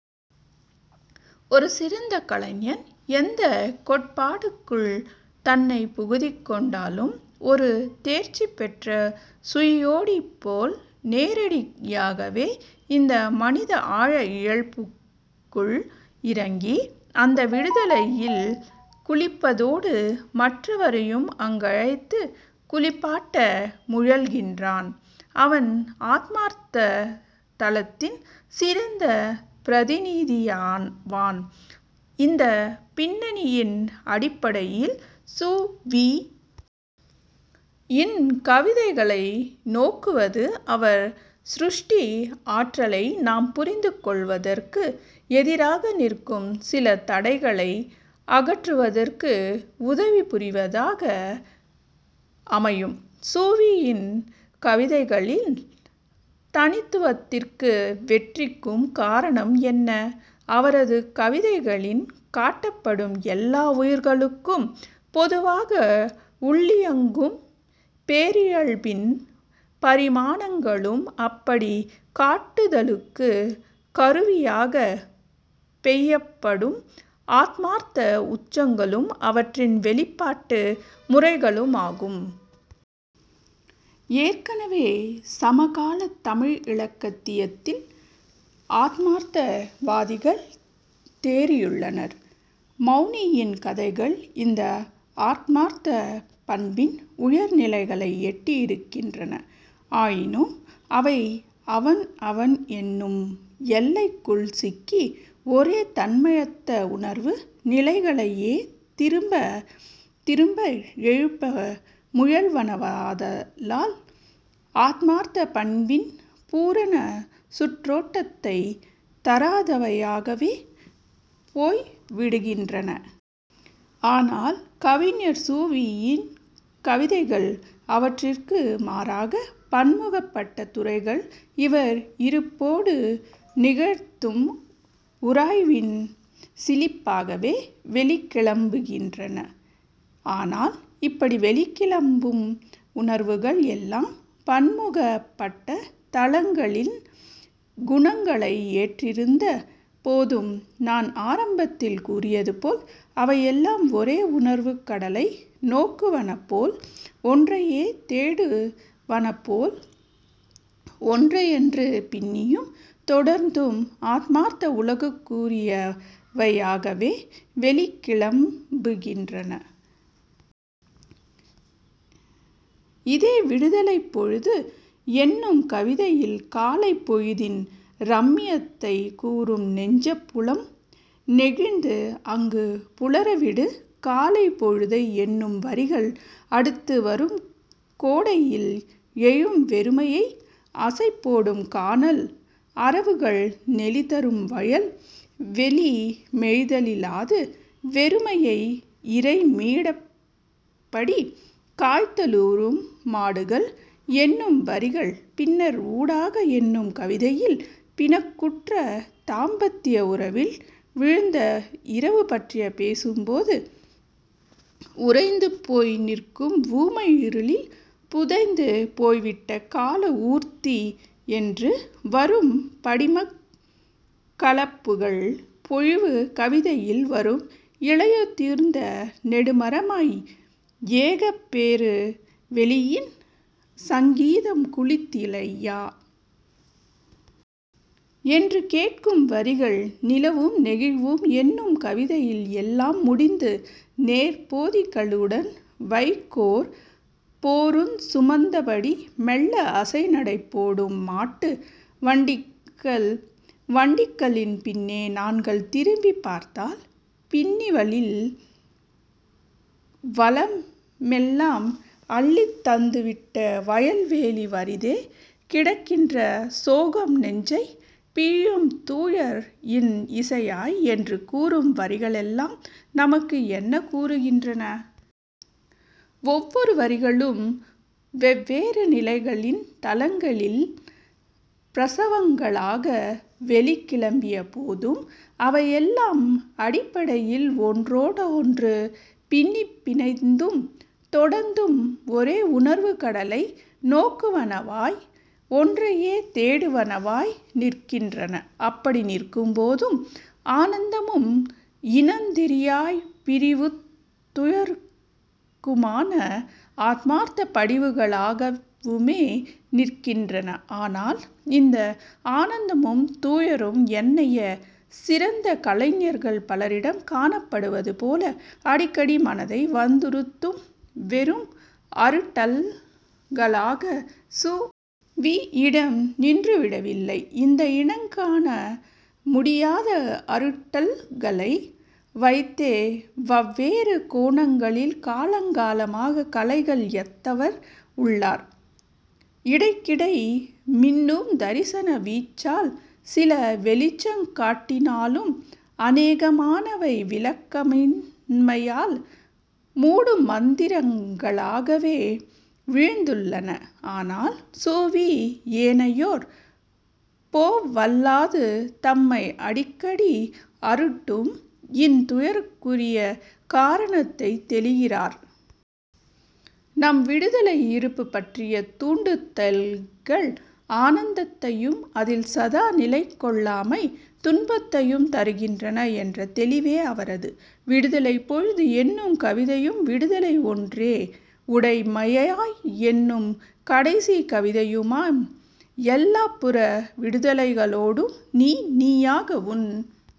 ஒரு சிறந்த கலைஞன் எந்தக் கோட்பாட்டுக்குள் தன்னைப் புகுத்திக்கொண்டாலும் ஒரு தேர்ச்சிபெற்ற சுழியோடிபோல் நேரடியாகவே இந்த மனித ஆழ இயல்புக்குள் இறங்கி, அந்த விடுதலையில் குளிப்பதோடு மற்றவரையும் அங்கழைத்துக் குளிப்பாட்ட முயல்கிறான். அவன் ஆத்மார்த்தத் தளத்தின் சிறந்த பிரதிநிதியாவான். இந்தப் பின்னணியின் அடிப்படையில் சு. வி. யின் கவிதைகளை நோக்குவது அவர் சிருஷ்டி ஆற்றலை நாம் புரிந்துகொள்வதற்கு எதிராக நிற்கும் சில தடைகளை அகற்றுவதற்கு உதவிபுரிவதாக அமையும். சு. வி. யின் கவிதைகளின் தனித்துவத்திற்கு வெற்றிக்கும் காரணம் என்ன? அவரது கவிதைகளின் காட்டப்படும் எல்லா உயிர்களுக்கும் பொதுவாக உள்ளியங்கும் பேரியல்பின் பரிமாணங்களும் அப்படிக் காட்டுதலுக்குக் கருவியாகப் பெய்யப்படும் ஆத்மார்த்த உச்சங்களும் அவற்றின் வெளிப்பாட்டு முறைகளுமாகும். ஏற்கனவே சமகாலத் தமிழ் இலக்கத்தியத்தில் ஆத்மார்த்த வாதிகள் தேறியுள்ளனர். மௌனியின் கதைகள் இந்த ஆர்மார்த்தப் பண்பின் உயர் நிலைகளை எட்டியிருக்கின்றன. ஆயினும் அவை அவன்அவன் என்னும் எல்லைக்குள் சிக்கி. ஒரே தன்மையத்த உணர்வு நிலைகளையே திரும்பத் திருமப எழுப்ப முயல்வனவாதலால் ஆத்மார்த்தப் பண்பின் பூரண சுற்றோட்டத்தைத் தராதவையாகவே போய்விடுகின்றன. ஆனால் கவிஞர் சு. வி. யின் கவிதைகள் அவற்றிற்கு மாறாக பன்முகப்பட்ட துறைகள் இவர் இருப்போடு நிகழ்த்தும் உராய்வின் சிலிப்பாகவே வெளிக் கிளம்புகின்றன. ஆனால் இப்படி வெளிக்கிளம்பும் உணர்வுகள் எல்லாம் பன்முகப்பட்ட தளங்களின் குணங்களை ஏற்றிருந்த போதும் நான் ஆரம்பத்தில் கூறியதுபோல் அவையெல்லாம் ஒரே உணர்வுக் கடலை நோக்குவனபோல் ஒன்றையே தேடுவனபோல் ஒன்றையன்று பின்னியும் தொடர்ந்தும் ஆத்மார்த்த உலகுக்குரியவையாகவே வெளிக் கிளம்புகின்றன. இதே விடுதலைப்பொழுது என்னும் கவிதையில் காலைப் பொழுதின் ரம்மியத்தைக் கூறும் நெஞ்சப்புலம் நெகிழ்ந்து அங்கு புலரவிடு காலைப் பொழுதை என்னும் வரிகள் அடுத்து வரும் கோடையில் எழும் வெறுமையை அசைபோடும் கானல் அரவுகள் நெளிதரும்வயல் வெளி மேய்தலிலாது வெறுமையை இரைமீடபடி காய்தலுறும் மாடுகள் என்னும் வரிகள் பின்னர் ஊடாக என்னும் கவிதையில் பிணக்குற்ற தாம்பத்திய உறவில் விழுந்த இரவு பற்றிப் பேசும் போது உறைந்துபோய் நிற்கும் ஊமை இருளில் புதைந்து போய்விட்ட கால ஊர்தி என்று வரும் படிமக் கலப்புகள் பொழிவு கவிதையில் வரும் இலையுதிர்ந்த நெடுமரமாய் ஏகப் பெரு வெளியின் சங்கீதம் குளித்திலையா? என்று கேட்கும் வரிகள். நிலவும் நெகிழ்வும் என்னும் கவிதையில் எல்லாம் முடிந்து நேற்போதிகளுடன் வைக்கோற் போருஞ் சுமந்தபடி மெல்ல அசைநடைபோடும் மாட்டு வண்டிகள் வண்டிகளின் பின்னே நாங்கள் திரும்பிப் பார்த்தால் பின்னிலவில் வளமெல்லாம் அள்ளித் தந்துவிட்ட வயல்வெளி வறிதே கிடக்கின்ற சோகம் நெஞ்சைப் பிழியும் துயர் இன் இசையாய் என்று கூறும் வரிகளெல்லாம் நமக்கு என்ன கூறுகின்றன? ஒவ்வொரு வரிகளும் வெவ்வேறு நிலைகளின் தளங்களின் பிரசவங்களாக வெளிக் கிளம்பியபோதும் அவையெல்லாம் அடிப்படையில் ஒன்றோடொன்று பின்னிப் பிணைந்தும் தொடர்ந்தும் ஒரே உணர்வுக் கடலை நோக்குவனவாய், ஒன்றையே தேடுவனவாய் நிற்கின்றன. அப்படி நிற்கும்போதும் ஆனந்தமும் இனந்தெரியாப் பிரிவுத் துயருக்குமான ஆத்மார்த்தப் படிவுகளாகவுமே நிற்கின்றன. ஆனால் இந்த ஆனந்தமும் துயரும் ஏனைய சிறந்த கலைஞர்கள் பலரிடம் காணப்படுவதுபோல அடிக்கடி மனதை வந்துறுத்தும் வெறும் அருட்டல்களாக சு. வி. யிடம் நின்றுவிடவில்லை. இந்த இனங்காண முடியாத அருட்டல்களை வைத்தே வவ்வேறு கோணங்களில் காலங்காலமாகக் கலைகள் யத்தவர் உள்ளார். இடைக்கிடை மின்னும் தரிசன வீச்சால் சில வெளிச்சங் காட்டினாலும் அனேகமானவை விளக்கமின்மையால் மூடுமந்திரங்களாகவே வீழ்ந்துள்ளன. ஆனால் சு. வி. ஏனையோர் போவல்லாது தம்மை அடிக்கடி அருட்டும் இன் துயருக்குரிய காரணத்தைத் தெளிகிறார். நம் விடுதலை இருப்புப் பற்றிய தூண்டுதல்கள் ஆனந்தத்தையும் அதில் சதா நிலைகொள்ளாமை துன்பத்தையும் தருகின்றன என்ற தெளிவே அவரது விடுதலைப் பொழுது என்னும் கவிதையும் விடுதலை ஒன்றே உடைமையாய் என்னும் கடைசிக் கவிதையுமாம். எல்லாப் புற விடுதலைகளோடும் நீ நீயாக உன்